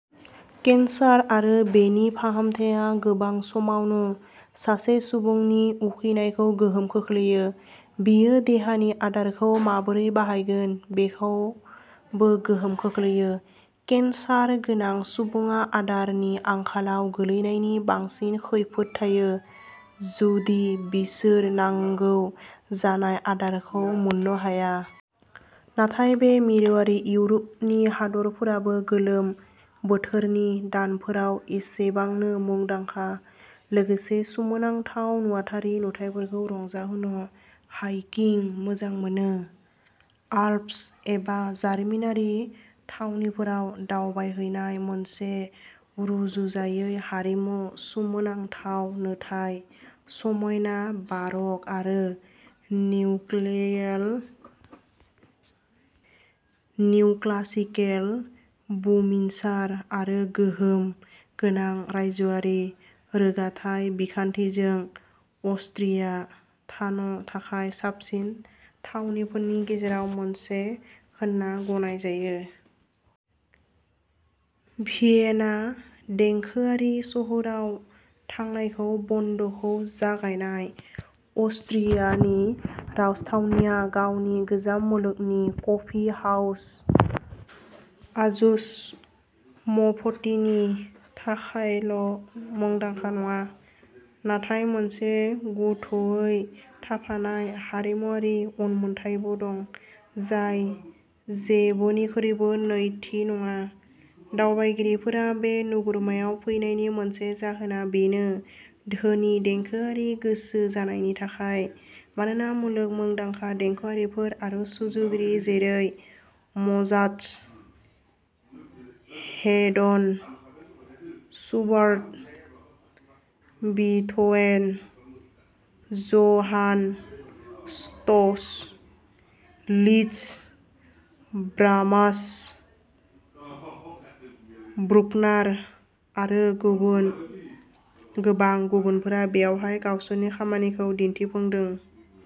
Cancer आरो बेनि फाहामथाया गोबां समावनो सासे सुबुंनि उखैनायखौ गोहोम खोख्लैयो; बेयो देहानि आदारखौ माबोरै बाहायगोन बेखौबो गोहोम खोख्लैयो। केन्सार गोनां सुबुङा आदारनि आंखालाव गोग्लैनायनि बांसिन खैफोद थायो, जुदि बिसोर नांगौ जानाय आदारखौ मोननो हाया। नाथाय बे मिरुआरि इउर'पनि हादोरआबो गोलोम बोथोरनि दानफोराव एसेबांनो मुंदांखा लोगोसे सोमोनांथाव नुथायारि नुथायफोरखौ रंजानो हाइकिं मोजां मोनो। आल्प्स एबा जारिमिनारि थावनिफोराव दावबायहैनाय। मोनसे रुजुजायै हारिमु, सोमोनांथाव नुथाय, समायना बारक आरो निअक्लासिकेल बुमिनसार आरो गोहोम गोनां रायजोआरि रोगाथाइ बिखान्थिजों, अस्ट्रियाया थानो थाखाय साबसिन थावनिफोरनि गेजेराव मोनसे होनना गनायजायो। भियेना देंखोआरि सोहोराव थांनानै बन्द'खौ जागाय। अस्ट्रियानि राजथावनिया गावनि गोजाम मुलुगनि कफि हाउस आजौसमफथिनि थाखायल'मुंदांखा नङा, नाथाय मोनसे गोथौवै थाफानाय हारिमुआरि उनमोनथायबो दं जाय जेबोनिख्रुइबो नैथि नङा। दावबायारिफ्रा बे नोगोरमायाव फैनायनि मोनसे जाहोना बेनि धोनि देंखोआरि गोसो जानायनि थाखाय, मानोना मुलुग मुंदांखा देंखोगिरिफोर आरो सुजुगिरिफोरा जेरै Mozart, Haydn, Schubert, Beethoven, Johann Strauss, Liszt, Brahms, Bruckner आरो गोबां गुबुनफोरा बेवहाय गावसोरनि खामानिखौ दिन्थिफुंदों।